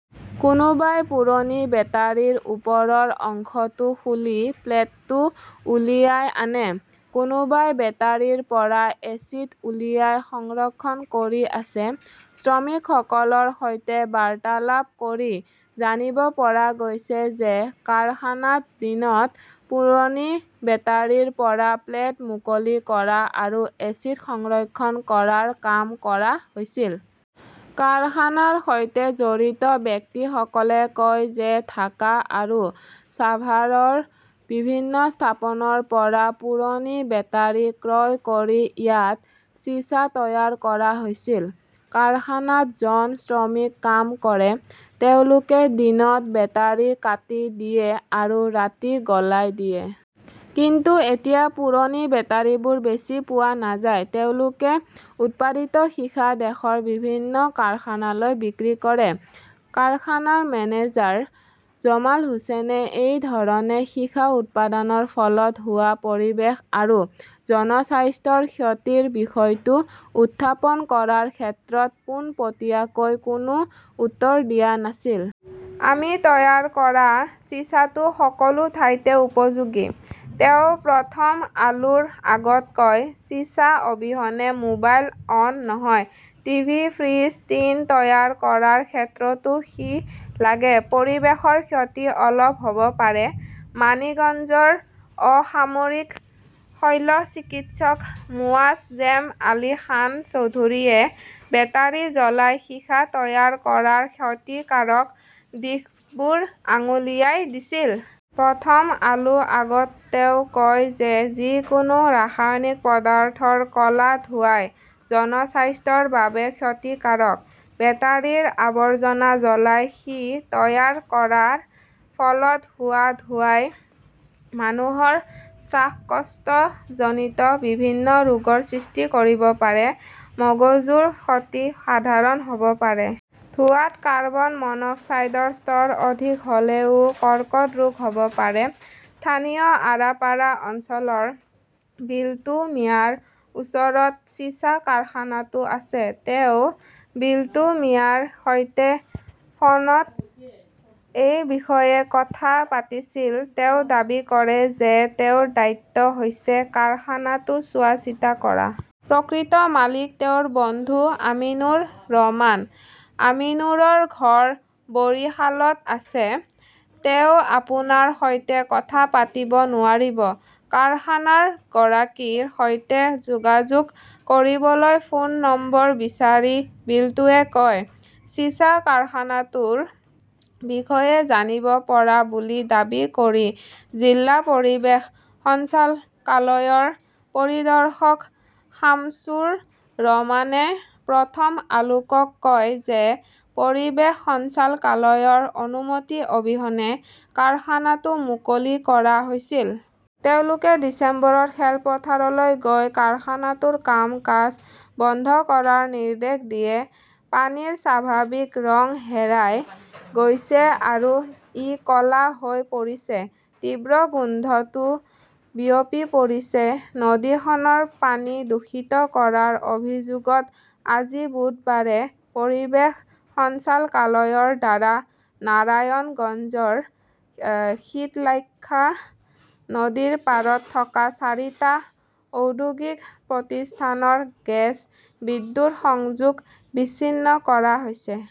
কোনোবাই পুৰণি বেটাৰীৰ ওপৰৰ অংশটো খুলি প্লেটটো উলিয়াই আনে। কোনোবাই বেটাৰিৰ পৰা এচিড উলিয়াই সংৰক্ষণ কৰি আছে। শ্ৰমিকসকলৰ সৈতে বাৰ্তালাপ কৰি জানিব পৰা গৈছে যে, কাৰখানাত দিনত পুৰণি বেটাৰিৰ পৰা প্লেট মুকলি কৰা আৰু এচিড সংৰক্ষণ কৰাৰ কাম কৰা হৈছিল। কাৰখানাৰ সৈতে জড়িত ব্যক্তিসকলে কয় যে ঢাকা আৰু ছাভাৰৰ বিভিন্ন স্থাপনৰ পৰা পুৰণি বেটাৰী ক্ৰয় কৰি ইয়াত চিছা তৈয়াৰ কৰা হৈছিল। কাৰখানাত জন শ্ৰমিক কাম কৰে। তেওঁলোকে দিনত বেটাৰি কাটি দিয়ে আৰু ৰাতি গলাই দিয়ে। কিন্তু এতিয়া পুৰণি বেটাৰিবোৰ বেছি পোৱা নাযায়। তেওঁলোকে উৎপাদিত সীসা দেশৰ বিভিন্ন কাৰখানালৈ বিক্ৰী কৰে। কাৰখানাৰ মেনেজাৰ জামাল হুচেইনে এই ধৰণে সীসা উৎপাদনৰ ফলত হোৱা পৰিৱেশ আৰু জনস্বাস্থ্যৰ ক্ষতিৰ বিষয়টো উত্থাপন কৰাৰ ক্ষেত্ৰত পোনপটীয়াকৈ কোনো উত্তৰ দিয়া নাছিল। "আমি তৈয়াৰ কৰা চিছাটো সকলো ঠাইতে উপযোগী", তেওঁ প্ৰথম আলোৰ আগত কয়। চিছাৰ অবিহনে মোবাইল অন নহয়। টিভি, ফ্ৰিজ, টিন তৈয়াৰ কৰাৰ ক্ষেত্ৰতো সীহ লাগে। পৰিৱেশৰ ক্ষতি অলপ হ'ব পাৰে। মানিকগঞ্জৰ অসামৰিক শল্যচিকিৎসক মোৱাজজেম আলী খান চৌধুৰীয়ে বেটাৰি জ্বলাই সীসা তৈয়াৰ কৰাৰ ক্ষতিকাৰক দিশবোৰ আঙুলিয়াই দিছিল। প্ৰথম আলোৰ আগত তেওঁ কয় যে, যিকোনো ৰাসায়নিক পদাৰ্থৰ ক 'লা ধোঁৱাই জনস্বাস্থ্যৰ বাবে ক্ষতিকাৰক। বেটাৰীৰ আৱৰ্জনা জ্বলাই সীহ তৈয়াৰ কৰাৰ ফলত হোৱা ধোঁৱাই মানুহৰ শ্বাসকষ্টজনিত বিভিন্ন ৰোগৰ সৃষ্টি কৰিব পাৰে। মগজুৰ ক্ষতি সাধাৰণ হ'ব পাৰে। ধোঁৱাত কাৰ্বন-মনোক্সাইডৰ স্তৰ অধিক হ'লেও কৰ্কট ৰোগ হ'ব পাৰে। স্থানীয় আৰাপাড়া অঞ্চলৰ বিল্টু মিয়াৰ ওচৰত চিছা কাৰখানাটো আছে। তেওঁ বিল্টু মিয়াৰ সৈতে ফোনত এই বিষয়ে কথা পাতিছিল। তেওঁ দাবী কৰে যে তেওঁৰ দায়িত্ব হৈছে কাৰখানাটো চোৱাচিতা কৰা। প্ৰকৃত মালিক তেওঁৰ বন্ধু আমিনুৰ ৰহমান। আমিনুৰৰ ঘৰ বৰিশালত আছে। তেওঁ আপোনাৰ সৈতে কথা পাতিব নোৱাৰিব, কাৰখানাৰ গৰাকীৰ সৈতে যোগাযোগ কৰিবলৈ ফোন নম্বৰ বিচাৰি বিল্টুৱে কয়। চিছা কাৰখানাটোৰ বিষয়ে জানিব পৰা বুলি দাবী কৰি জিলা পৰিৱেশ সঞ্চালকালয়ৰ পৰিদৰ্শক শামছুৰ ৰহমানে প্ৰথম আলোকক কয় যে, পৰিৱেশ সঞ্চালকালয়ৰ অনুমতি অবিহনে কাৰখানাটো মুকলি কৰা হৈছিল। তেওঁলোকে ডিচেম্বৰত খেলপথাৰলৈ গৈ কাৰখানাটোৰ কাম-কাজ বন্ধ কৰাৰ নিৰ্দেশ দিয়ে। পানীৰ স্বাভাৱিক ৰং হেৰাই গৈছে আৰু ই ক 'লা হৈ পৰিছে। তীব্ৰ গোন্ধটো বিয়পি পৰিছে। নদীখনৰ পানী দূষিত কৰাৰ অভিযোগত আজি বুধবাৰে পৰিৱেশ সঞ্চালকালয়ৰ দ্বাৰা নাৰায়ণগঞ্জৰ শীতলাক্ষ্যা নদীৰ পাৰত থকা চাৰিটা ঔদ্যোগিক প্ৰতিষ্ঠানৰ গেছ, বিদ্যুৎ সংযোগ বিচ্ছিন্ন কৰা হৈছে।